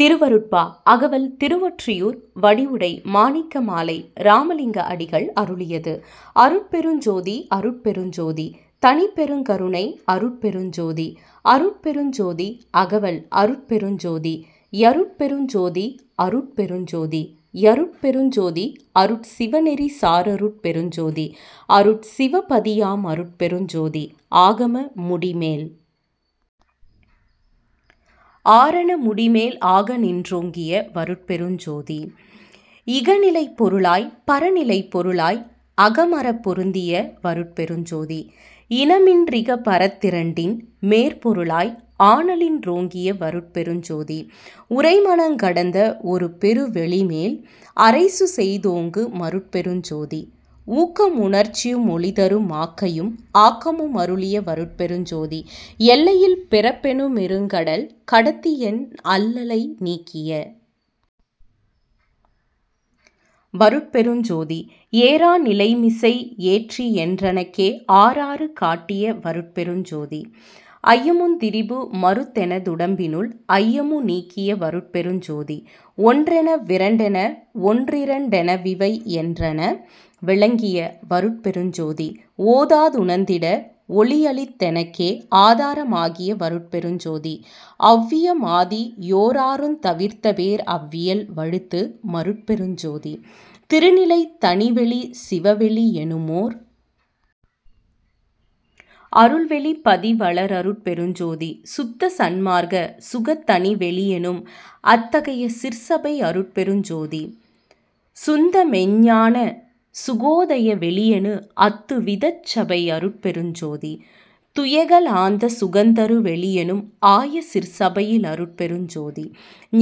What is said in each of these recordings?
திருவருட்பா -அகவல் திருவொற்றியூர் வடிவுடை மாணிக்க மாலை இராமலிங்க அடிகள் அருளியது அருட்பெருஞ் ஜோதி அருட்பெருஞ் ஜோதி தனிப்பெருங்கருணை அருட்பெருஞ் ஜோதி அருட்பெருஞ் ஜோதி அகவல் அருட்பெருஞ் ஜோதி யருட்பெருஞ் ஜோதி அருட்பெருஞ் ஜோதி யருட்பெருஞ் ஜோதி அருட்சிவ நெறிசாரருட்பெருஞ்ஜோதி அருட்சிவ பதியாமருட்பெருஞ்ஜோதி ஆகம முடிமேல் ஆரண முடிமேல் ஆகநின் றோங்கிய வருட்பெருஞ்ஜோதி இகநிலைப் பொருளாய்ப் பரநிலைப் பொருளாய் அகமறப் பொருந்திய வருட்பெருஞ்ஜோதி இனமின்றிகபரத்திரண்டின்மேற்பொருளாய் ஆனலின்றோங்கிய வருட்பெருஞ்ஜோதி உரைமனங் கடந்த வொருபெருவெளிமேல் அரைசுசெய் தோங்கு மருட்பெருஞ்ஜோதி ஊக்கமு முணர்ச்சியுமொளிதரு மாக்கையும் ஆக்கமு மருளிய வருட்பெருஞ்ஜோதி எல்லையில் பிறப்பெனு மிருங்கடல் கடத்தியென் அல்லலை நீக்கிய வருட்பெருஞ்ஜோதி ஏறா நிலைமிசை யேற்றியென் றனக்கே ஆறாறு காட்டிய வருட்பெருஞ்ஜோதி ஐயமுந்திரிபு மறுத்தெனதுடம்பினுள் ஐயமு நீக்கிய வருட்பெருஞ்ஜோதி ஒன்றென விரண்டென வொன்றிரண்டெனவிவை யன்றென விளங்கிய வருட்பெருஞ்ஜோதி ஓதாதுணர்ந்திட வொளியளித்தெனக்கே ஆதாரமாகிய வருட்பெருஞ்ஜோதி ஒளவியமாதி யோராறுந் தவிர்த்தபேர் அவ்வியல் வழுத்து மருட்பெருஞ்ஜோதி திருநிலைத் தனிவெளி சிவவெளி யெனுமோர் அருள்வெளிப் பதிவள ரருட்பெருஞ்ஜோதி சுத்தசன் மார்க்க சுகத்தனிவெளியெனும் அத்தகையச் சிற்சபை யருட்பெருஞ்ஜோதி சுந்தமெஞ்ஞான சுகோதய வெளியெனு அத்துவிதச்ச்பை யருட்பெருஞ்ஜோதி துயெகலாந்த சுகந்தரு வெளியெனும் ஆயசிற் சபையி லருட்பெருஞ்ஜோதி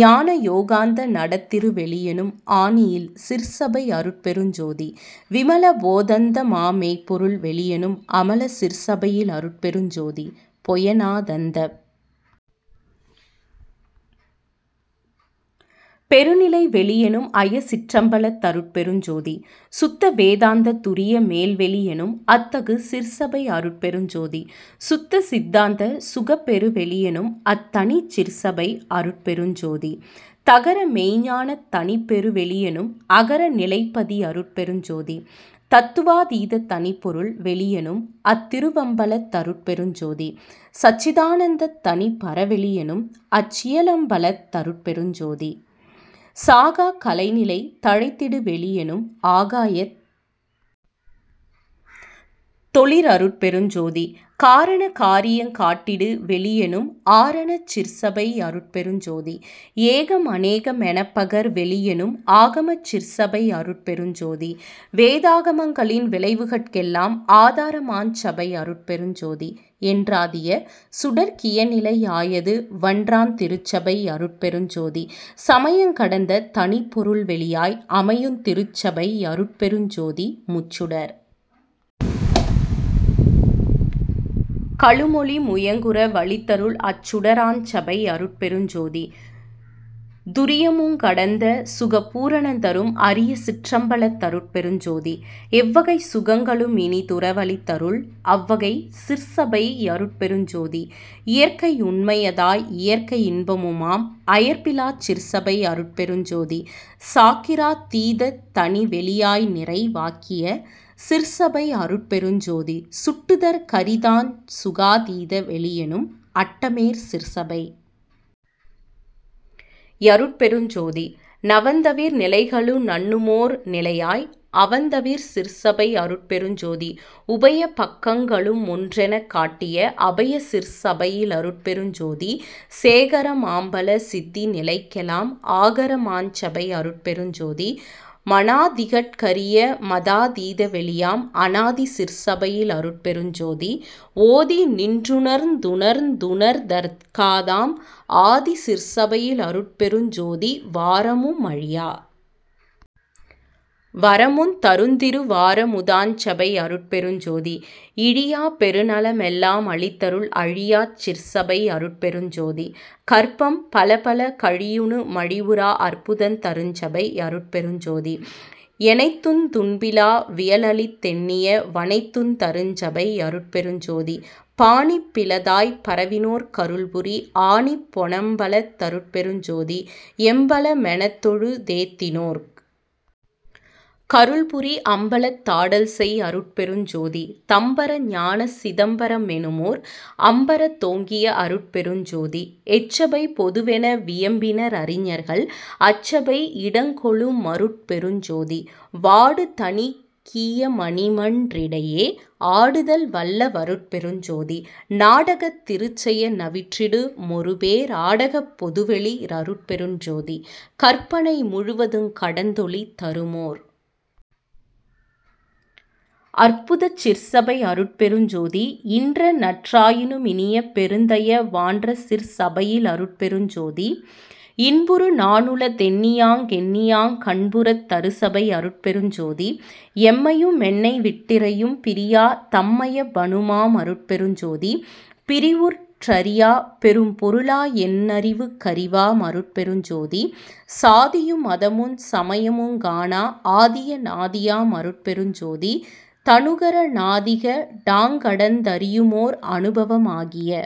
ஞானயோகாந்த நடத்திருவெளியெனும் ஆனியில் சிற்சபை யருட்பெருஞ்ஜோதி விமல போதந்தமா மெய்ப்பொருள்வெளியெனும் அமல சிற்சபையி லருட்பெருஞ்ஜோதி பொய நாதந்தப் பெருநிலைவெளியெனும் அயசிற்றம்பலத் தருட்பெருஞ்ஜோதி சுத்தவேதாந்தத் துரியமேல்வெளியெனும் அத்தகு சிற்சபை யருட்பெருஞ்ஜோதி சுத்த சித்தாந்த சுகப்பெருவெளியெனும் அத்தனிச் சிற்சபை யருட்பெருஞ்ஜோதி தகரமெய்ஞ்ஞானத் தனிப்பெருவெளியெனும் அகர நிலைப்பதி யருட்பெருஞ்ஜோதி தத்துவாதீத தனிப்பொருள் வெளியெனும் அத்திருவம்பலத் தருட்பெருஞ்ஜோதி சச்சிதானந்தத் தனிப்பரவெளியெனும் அச்சிய லம்பலத் தருட்பெருஞ்ஜோதி சாகாக் கலைநிலை தழைத்திடுவெளியெனும் ஆகாயத் தொளி ரருட்பெருஞ்ஜோதி காரண காரியங் காட்டிடு வெளியெனும் ஆரணச் சிற்சபை யருட்பெருஞ்ஜோதி ஏக மனேக மெனப்பகர் வெளியெனும் ஆகமச் சிற்சபை யருட்பெருஞ்ஜோதி வேதா கமங்களின் விளைவுகட்கெல்லாம் ஆதாரமாஞ்சபை யருட்பெருஞ்ஜோதி என்றாதிய சுடர்க் கியனிலையாயது வன்றாந்திருச்சபை யருட்பெருஞ்ஜோதி சமயங் கடந்த தனிப்பொருள் வெளியாய் அமையுந்திருச்சபை யருட்பெருஞ்ஜோதி முச்சுடர் களுமொளி முயங்குற வளித்தருள் அச்சுடராஞ்சபை யருட்பெருஞ்ஜோதி துரியமுங்கடந்த சுகபூரணந்தரும் அரியசிற்றம்பலத் தருட்பெருஞ்ஜோதி எவ்வகைச் சுகங்களு மினிதுற வளித்தருள் அவ்வகைச் சிற்சபை யருட்பெருஞ்ஜோதி இயற்கையுண்மை யதாயியற்கையின்பமுமாம் அயர்ப்பிலாச் சிற்சபை யருட்பெருஞ்ஜோதி சாக்கிரா தீதத் தனிவெளியாய்நிறை வாக்கிய சிற்சபை யருட்பெருஞ்ஜோதி சுட்டுதற் கரிதாஞ் சுகாதீத வெளியெனும் அட்டமேற் சிற்சபை யருட்பெருஞ்ஜோதி நவந்தவிர் நிலைகளு நண்ணுமோர் நிலையாய் அவந்தவிர் சிற்சபை யருட்பெருஞ்ஜோதி உபயபக் கங்களு மொன்றெனக் காட்டிய அபயசிற் சபையி லருட்பெருஞ்ஜோதி சேகர மாம்பல சித்தி நிலைக்கெலாம் ஆகர மாஞ்சபை யருட்பெருஞ்ஜோதி மனாதிகட் கரிய மதாதீத வெளியாம் அனாதி சிற்சபையி லருட்பெருஞ்ஜோதி ஓதிநின்றுணர்ந்துணர்ந்துணர்தற்காதாம் ஆதிசிற்சபையி லருட்பெருஞ்ஜோதிவாரமு மழியா வரமுந் தருந்திருவாரமுதாஞ் சபை யருட்பெருஞ்ஜோதி இழியாப் பெருநல மெல்லா மளித்தருள் அழியாச் சிற்சபை யருட்பெருஞ்ஜோதி கற்பம் பலபல கழியுனு மழிவுறா அற்புதந் தருஞ்சபை யருட்பெருஞ்ஜோதி எனைத்துந் துன்பிலா வியலளித்தெண்ணிய வனைத்துந் தருஞ்சபை யருட்பெருஞ்ஜோதி பாணிப்பிலதாய்ப் பரவினோர்க் கருள்புரி ஆணிப் பொனம்பலத் தருட்பெருஞ்ஜோதி எம்பல மெனத்தொழு தேத்தினோர்க் கருள்புரி அம்பலத்தாடல்செய் யருட்பெருஞ்ஜோதி தம்பர ஞான சிதம்பர மெனுமோர் அம்பரத் தோங்கிய அருட்பெருஞ்ஜோதி எச்சபை பொதுவென வியம்பின ரறிஞர்கள் அச்சபை இடங்கொளு மருட்பெருஞ்ஜோதி வாடுதனீக்கியமணிமன் றிடையே ஆடுதல் வல்ல வருட்பெருஞ்ஜோதி நாடகத் திருச்செய நவிற்றிடு மொருபே ராடகப் பொதுவொளி ரருட்பெருஞ்ஜோதி கற்பனை முழுவதுங் கடந்தொளி தருமோர் அற்புதச் சிற்சபை யருட்பெருஞ்ஜோதி இன்றநற் றாயினு மினிய பெருந்தய வான்றசிற் சபையி லருட்பெருஞ்ஜோதி இன்புறு நானுளத் தெண்ணியாங் கெண்ணியாங் கன்புறத் தருசபை யருட்பெருஞ்ஜோதி எம்மையு மென்னைவிட்டிறையும் பிரியா தம்மையப் பனுமா மருட்பெருஞ்ஜோதி பிறிவுற் றறியாப் பெரும்பொருளாயென் னறிவுக் கறிவா மருட்பெருஞ்ஜோதி சாதியு மதமுஞ் சமயுமுங் காணா ஆதிய நாதியா மருட்பெருஞ்ஜோதி தநுகர ணாதிக டாங்கடந்தறியுமோர் அனுபவ மாகிய